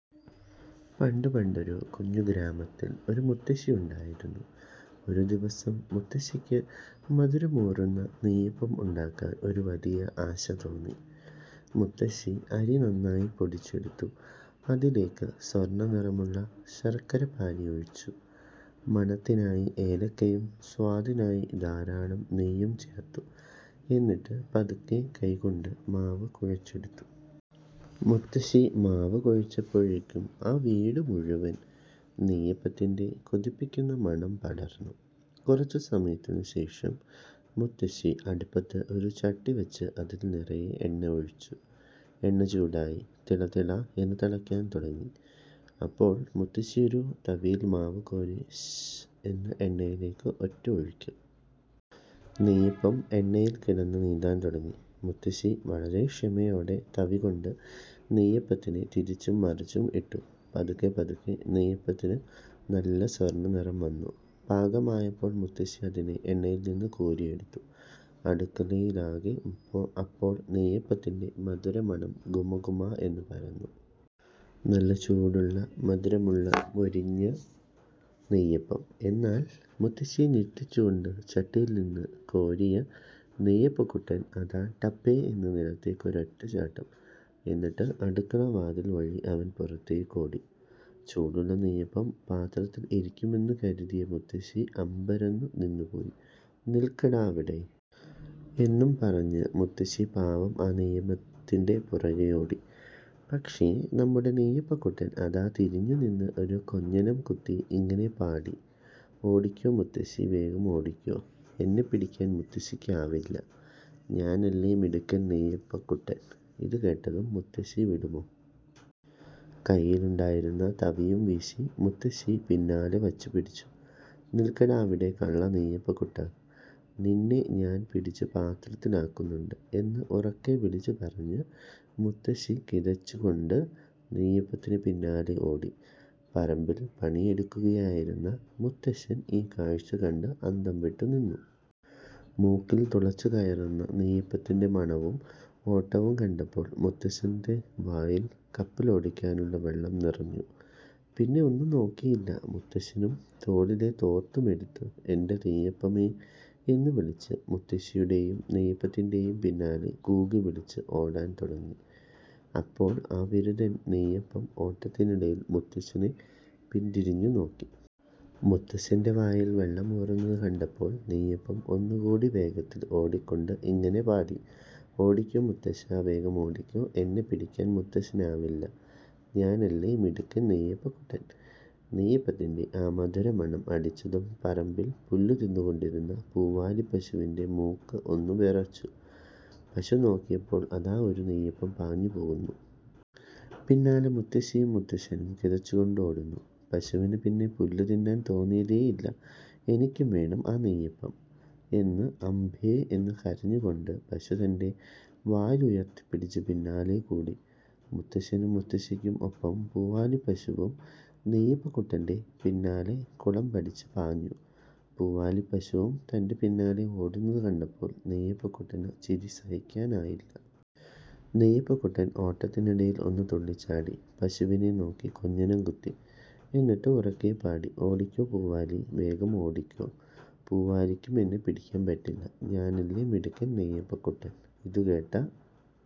പണ്ട് പണ്ടൊരു കുഞ്ഞു ഗ്രാമത്തിൽ ഒരു മുത്തശ്ശി ഉണ്ടായിരുന്നു. ഒരു ദിവസം മുത്തശ്ശിക്ക് മധുരമൂറുന്ന നെയ്യപ്പം ഉണ്ടാക്കാൻ ഒരു വലിയ ആശ തോന്നി. മുത്തശ്ശി അരി നന്നായി പൊടിച്ചെടുത്തു. അതിലേക്ക് സ്വർണ്ണനിറമുള്ള ശർക്കരപ്പാനി ഒഴിച്ചു. മണത്തിനായി ഏലക്കയും സ്വാദിനായി ധാരാളം നെയ്യും ചേർത്തു. എന്നിട്ട് പതുക്കെ കൈകൊണ്ട് മാവ് കുഴച്ചെടുത്തു. മുത്തശ്ശി മാവ് കുഴച്ചപ്പോഴേക്കും ആ വീടു മുഴുവൻ നെയ്യപ്പത്തിന്റെ കൊതിപ്പിക്കുന്ന മണം പടർന്നു. കുറച്ചു സമയത്തിനുശേഷം മുത്തശ്ശി അടുപ്പത്ത് ഒരു ചട്ടി വെച്ച് അതിൽ നിറയെ എണ്ണ ഒഴിച്ചു. എണ്ണ ചൂടായി 'തിള തിള' എന്ന് തിളയ്ക്കാൻ തുടങ്ങി. അപ്പോൾ മുത്തശ്ശി ഒരു വലിയ തവിയിൽ മാവ് കോരി 'ശ്ശ്ശ്ശ്ശ്… ' എന്ന് എണ്ണയിലേക്ക് ഒറ്റ ഒഴിക്കൽ! നെയ്യപ്പം എണ്ണയിൽ കിടന്ന് നീന്താൻ തുടങ്ങി. മുത്തശ്ശി വളരെ ക്ഷമയോടെ തവി കൊണ്ട് നെയ്യപ്പത്തിനെ തിരിച്ചും മറിച്ചും ഇട്ടു. പതുക്കെ പതുക്കെ നെയ്യപ്പത്തിന് നല്ല സ്വർണ്ണനിറം വന്നു. പാകമായപ്പോൾ മുത്തശ്ശി അതിനെ എണ്ണയിൽ നിന്നും കോരിയെടുത്തു. അടുക്കളയിലാകെ അപ്പോൾ നെയ്യപ്പത്തിന്റെ മധുരമണം ഗുമഗുമാ എന്ന് പരന്നു. നല്ല ചൂടുള്ള, മധുരമുള്ള, മൊരിഞ്ഞ നെയ്യപ്പം! എന്നാൽ മുത്തശ്ശിയെ ഞെട്ടിച്ചുകൊണ്ട്, ചട്ടിയിൽ നിന്ന് കോരിയ നെയ്യപ്പക്കുട്ടൻ അതാ ടപ്പേ എന്ന് നിലത്തേക്ക് ഒരൊറ്റ ചാട്ടം. എന്നിട്ട് അടുക്കളവാതിൽ വഴി അവൻ പുറത്തേക്ക് ഓടി. ചൂടുള്ള നെയ്യപ്പം പാത്രത്തിൽ ഇരിക്കുമെന്ന് കരുതിയ മുത്തശ്ശി അമ്പരന്നു നിന്നുപോയി. "നിൽക്കടാ അവിടെ! " എന്നും പറഞ്ഞ് മുത്തശ്ശി പാവം ആ നെയ്യപ്പത്തിന്റെ പുറകേ ഓടി. പക്ഷേ, നമ്മുടെ നെയ്യപ്പക്കുട്ടൻ അതാ തിരിഞ്ഞുനിന്ന് ഒരു കൊഞ്ഞനം കുത്തി ഇങ്ങനെ പാടി ഓടിക്കോ മുത്തശ്ശീ… വേഗം ഓടിക്കോ! എന്നെ പിടിക്കാൻ മുത്തശ്ശിക്കാവില്ല. ഞാനല്ലേ മിടുക്കൻ നെയ്യപ്പക്കുട്ടൻ! " ഇതുകേട്ടതും മുത്തശ്ശി വിടുമോ? കൈയിലുണ്ടായിരുന്ന തവിയും വീശി മുത്തശ്ശി പിന്നാലെ വച്ചുപിടിച്ചു. "നിൽക്കടാ അവിടെ കള്ള നെയ്യപ്പക്കുട്ടാ! നിന്നെ ഞാൻ പിടിച്ചു പാത്രത്തിലാക്കുന്നുണ്ട്! " എന്ന് ഉറക്കെ വിളിച്ചു പറഞ്ഞ് മുത്തശ്ശി കിതച്ചു കൊണ്ട് നെയ്യപ്പത്തിന് പിന്നാലെ ഓടി. പറമ്പിൽ പണിയെടുക്കുകയായിരുന്ന മുത്തശ്ശൻ ഈ കാഴ്ച കണ്ട് അന്തംവിട്ടു നിന്നു. മൂക്കിൽ തുളച്ചുകയറുന്ന നെയ്യപ്പത്തിന്റെ മണവും ഓട്ടവും കണ്ടപ്പോൾ മുത്തശ്ശന്റെ വായിൽ കപ്പലോടിക്കാനുള്ള വെള്ളം നിറഞ്ഞു! പിന്നെ ഒന്നും നോക്കിയില്ല, മുത്തശ്ശനും തോളിലെ തോർത്തുമെടുത്ത് "എന്റെ നെയ്യപ്പമേ… " എന്ന് വിളിച്ച് മുത്തശ്ശിയുടെയും നെയ്യപ്പത്തിന്റെയും പിന്നാലെ കൂകിവിളിച്ച് ഓടാൻ തുടങ്ങി. അപ്പോൾ ആ വിരുതൻ നെയ്യപ്പം ഓട്ടത്തിനിടയിൽ മുത്തശ്ശനെ പിന്തിരിഞ്ഞു നോക്കി. മുത്തശ്ശന്റെ വായിൽ വെള്ളമൂറുന്നത് കണ്ടപ്പോൾ നെയ്യപ്പം ഒന്നുകൂടി വേഗത്തിൽ ഓടിക്കൊണ്ട് ഇങ്ങനെ പാടി: "ഓടിക്കോ മുത്തശ്ശാ… വേഗം ഓടിക്കോ! എന്നെ പിടിക്കാൻ മുത്തശ്ശനാവില്ല. ഞാനല്ലേ മിടുക്കൻ നെയ്യപ്പക്കുട്ടൻ! നെയ്യപ്പത്തിന്റെ ആ മധുരമണം അടിച്ചതും പറമ്പിൽ പുല്ലു തിന്നുകൊണ്ടിരുന്ന പൂവാലി പശുവിന്റെ മൂക്ക് ഒന്ന് വിറച്ചു! പശു നോക്കിയപ്പോൾ അതാ ഒരു നെയ്യപ്പം പാഞ്ഞു പോകുന്നു. പിന്നാലെ മുത്തശ്ശിയും മുത്തശ്ശനും കിതച്ചുകൊണ്ട് ഓടുന്നു. പശുവിന് പിന്നെ പുല്ല് തിന്നാൻ തോന്നിയതേയില്ല! "എനിക്കും വേണം ആ നെയ്യപ്പം" എന്ന് അംബേ…. എന്ന് കരഞ്ഞുകൊണ്ട് പശു തന്റെ വാലുയർത്തിപ്പിടിച്ച് പിന്നാലെ കൂടി. മുത്തശ്ശനും മുത്തശ്ശിക്കും ഒപ്പം പൂവാലി പശുവും നെയ്യപ്പക്കുട്ടന്റെ പിന്നാലെ കുളമ്പടിച്ച് പാഞ്ഞു. പൂവാലി പശുവും തന്റെ പിന്നാലെ ഓടുന്നത് കണ്ടപ്പോൾ നെയ്യപ്പക്കുട്ടന് ചിരി സഹിക്കാനായില്ല. നെയ്യപ്പക്കുട്ടൻ ഓട്ടത്തിനിടയിൽ ഒന്ന് തുള്ളിച്ചാടി, പശുവിനെ നോക്കി കൊഞ്ഞനം കുത്തി! എന്നിട്ട് ഉറക്കെ പാടി: "ഓടിക്കോ പൂവാലീ… വേഗം ഓടിക്കോ! പൂവാലിക്കും എന്നെ പിടിക്കാൻ പറ്റില്ല! ഞാനല്ലേ മിടുക്കൻ നെയ്യപ്പക്കുട്ടൻ! " ഇതുകേട്ട